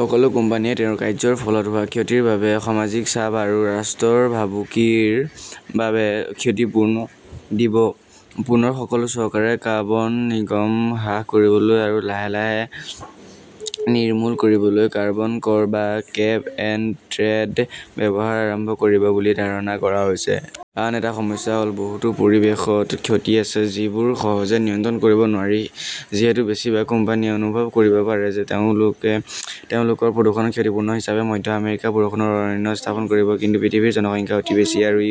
সকলো কোম্পানীয়ে তেওঁলোকৰ কাৰ্য্যৰ ফলত হোৱা ক্ষতিৰ বাবে সামাজিক চাপ বা ৰাষ্ট্ৰৰ ভাবুকিৰ বাবে ক্ষতিপূৰণ দিব। পুনৰ সকলো চৰকাৰে কাৰ্বন নিৰ্গমন হ্ৰাস কৰিবলৈ আৰু লাহে লাহে নিৰ্মূল কৰিবলৈ কাৰ্বন কৰ বা কেপ-এণ্ড-ট্ৰেড ব্যৱস্থা আৰম্ভ কৰিব বুলি ধাৰণা কৰা হৈছে। আন এটা সমস্যা হ'ল, বহুতো পৰিৱেশগত ক্ষতি আছে, যিবোৰ সহজে নিয়ন্ত্ৰণ কৰিব নোৱাৰি। যিহেতু বেছিভাগ কোম্পানীয়ে অনুভৱ কৰিব পাৰে যে, তেওঁলোকে তেওঁলোকৰ প্ৰদূষণৰ ক্ষতিপূৰণ হিচাপে মধ্য আমেৰিকাত বৰষুণৰ অৰণ্য স্থাপন কৰিব। কিন্তু পৃথিৱীৰ জনসংখ্যা অতি বেছি, আৰু ই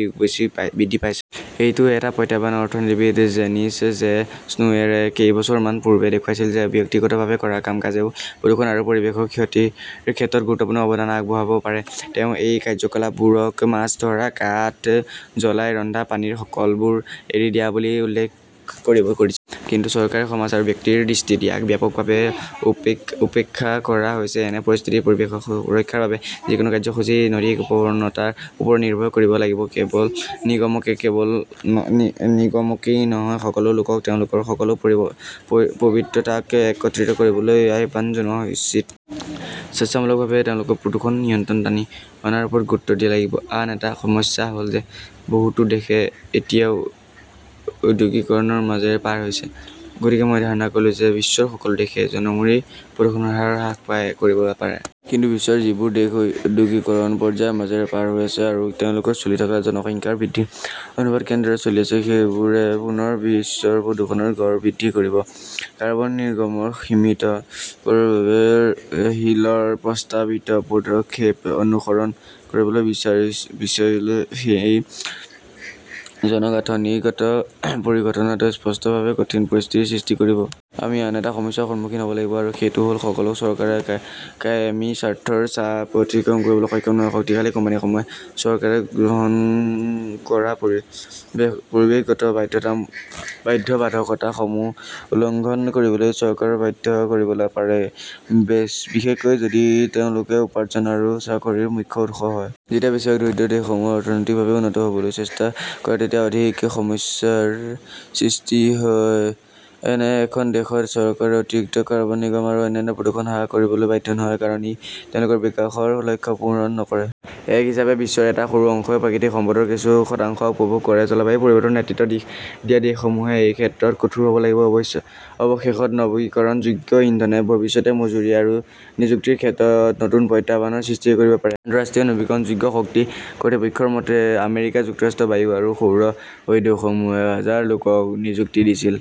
বৃদ্ধি পাইছে। এইটো এটা প্ৰত্যাহ্বান। অৰ্থনীতিবিদ ডেনিছ জে. স্নোৱেৰে কেইবছৰমান পূৰ্বে দেখুৱাইছিল যে, ব্যক্তিগতভাৱে কৰা কাম-কাজেও প্ৰদূষণ আৰু পৰিৱেশৰ ক্ষতিৰ ক্ষেত্ৰত গুৰুত্বপূৰ্ণ অৱদান আগবঢ়াব পাৰে। তেওঁ এই কাৰ্যকলাপবোৰক মাছ ধৰা, কাঠ জ্বলাই ৰন্ধা, পানীৰ কলবোৰ এৰি দিয়া বুলি উল্লেখ কৰিছিল। কিন্তু চৰকাৰ, সমাজ আৰু ব্যক্তিৰ দৃষ্টিত ইয়াক ব্যাপকভাৱে উপেক্ষা কৰা হৈছে। এনে পৰিস্থিতিত পৰিৱেশ সুৰক্ষাৰ বাবে যিকোনো কাৰ্যসূচী নৈতিক প্ৰৱণতাৰ ওপৰত নিৰ্ভৰ কৰিব লাগিব। কেৱল নিগমকেই নহয়, সকলো লোকক তেওঁলোকৰ সকলো পৱিত্ৰতাক একত্ৰিত কৰিবলৈ আহ্বান জনোৱা উচিত। স্বেচ্ছামূলকভাৱে তেওঁলোকে প্ৰদূষণৰ নিয়ন্ত্ৰণ টানি অনাৰ ওপৰত গুৰুত্ব দিব লাগিব। আন এটা সমস্যা হ'ল যে, বহুতো দেশে এতিয়াও ঔদ্যোগিকৰণৰ মাজেৰে পাৰ হৈছে। গতিকে মই ধাৰণা কৰিলো যে, বিশ্বৰ সকলো দেশে জনমূৰি প্ৰদূষণৰ হাৰ হ্ৰাস কৰিব পাৰে। কিন্তু বিশ্বৰ যিবোৰ দেশ ঔদ্যোগিকৰণৰ পৰ্যায়ৰ মাজেৰে পাৰ হৈ আছে আৰু তেওঁলোকৰ চলি থকা জনসংখ্যা বৃদ্ধিৰ অনুপাত কেনেদৰে চলি আছে, সেইবোৰে পুনৰ বিশ্বৰ প্ৰদূষণৰ গড় বৃদ্ধি কৰিব। কাৰ্বন নিৰ্গমন সীমিত কৰাৰ বাবে হিলৰ প্ৰস্তাৱিত পদক্ষেপ অনুসৰণ কৰিবলৈ বিচাৰিলে এই জনগাঁথনিগত পৰিঘটনাটোৱে স্পষ্টভাৱে কঠিন পৰিস্থিতিৰ সৃষ্টি কৰিব। আমি আন এটা সমস্যাৰ সন্মুখীন হ'ব লাগিব আৰু সেইটো হ'ল, সকলো চৰকাৰে কায়েমী স্বাৰ্থৰ চাপ অতিক্ৰম কৰিবলৈ সক্ষম নহয়। শক্তিশালী কোম্পানীসমূহে চৰকাৰে গ্ৰহণ কৰা পৰিৱেশগত বাধ্যবাধকতাসমূহ উলংঘন কৰিবলৈ চৰকাৰক বাধ্য কৰিব পাৰে। বিশেষকৈ যদি তেওঁলোক উপাৰ্জন আৰু চাকৰিৰ মুখ্য উৎস হয়। যেতিয়া বেছিভাগ দৰিদ্ৰ দেশসমূহে অৰ্থনৈতিকভাৱে উন্নত হ’বলৈ চেষ্টা কৰে, তেতিয়া অধিক সমস্যাৰ সৃষ্টি হয়। এনে এখন দেশত চৰকাৰে অতিৰিক্ত কাৰ্বন নিৰ্গমন বা অন্যান্য প্ৰদূষণ হ্ৰাস কৰিবলৈ বাধ্য নহয়। কাৰণ, ই তেওঁলোকৰ বিকাশৰ লক্ষ্য পূৰণ নকৰে। এক হিচাপে, বিশ্বৰ এটা সৰু অংশই প্ৰাকৃতিক সম্পদৰ কিছু শতাংশহে উপভোগ কৰে। জলবায়ু পৰিৱৰ্তনৰ নেতৃত্ব দিয়া দেশসমূহে এই ক্ষেত্ৰত কঠোৰ হ'ব লাগিব। অৱশেষত, নৱীকৰণযোগ্য ইন্ধনে ভৱিষ্যতে মজুৰি আৰু নিযুক্তিৰ ক্ষেত্ৰত নতুন প্ৰত্যাহ্বানৰ সৃষ্টি কৰিব পাৰে। আন্তঃৰাষ্ট্ৰীয় নৱীকৰণযোগ্য শক্তি কৰ্তৃপক্ষৰ মতে, আমেৰিকা যুক্তৰাষ্ট্ৰৰ বায়ু আৰু সৌৰ উদ্যোগসমূহে হাজাৰ লোকক নিযুক্তি দিছিল।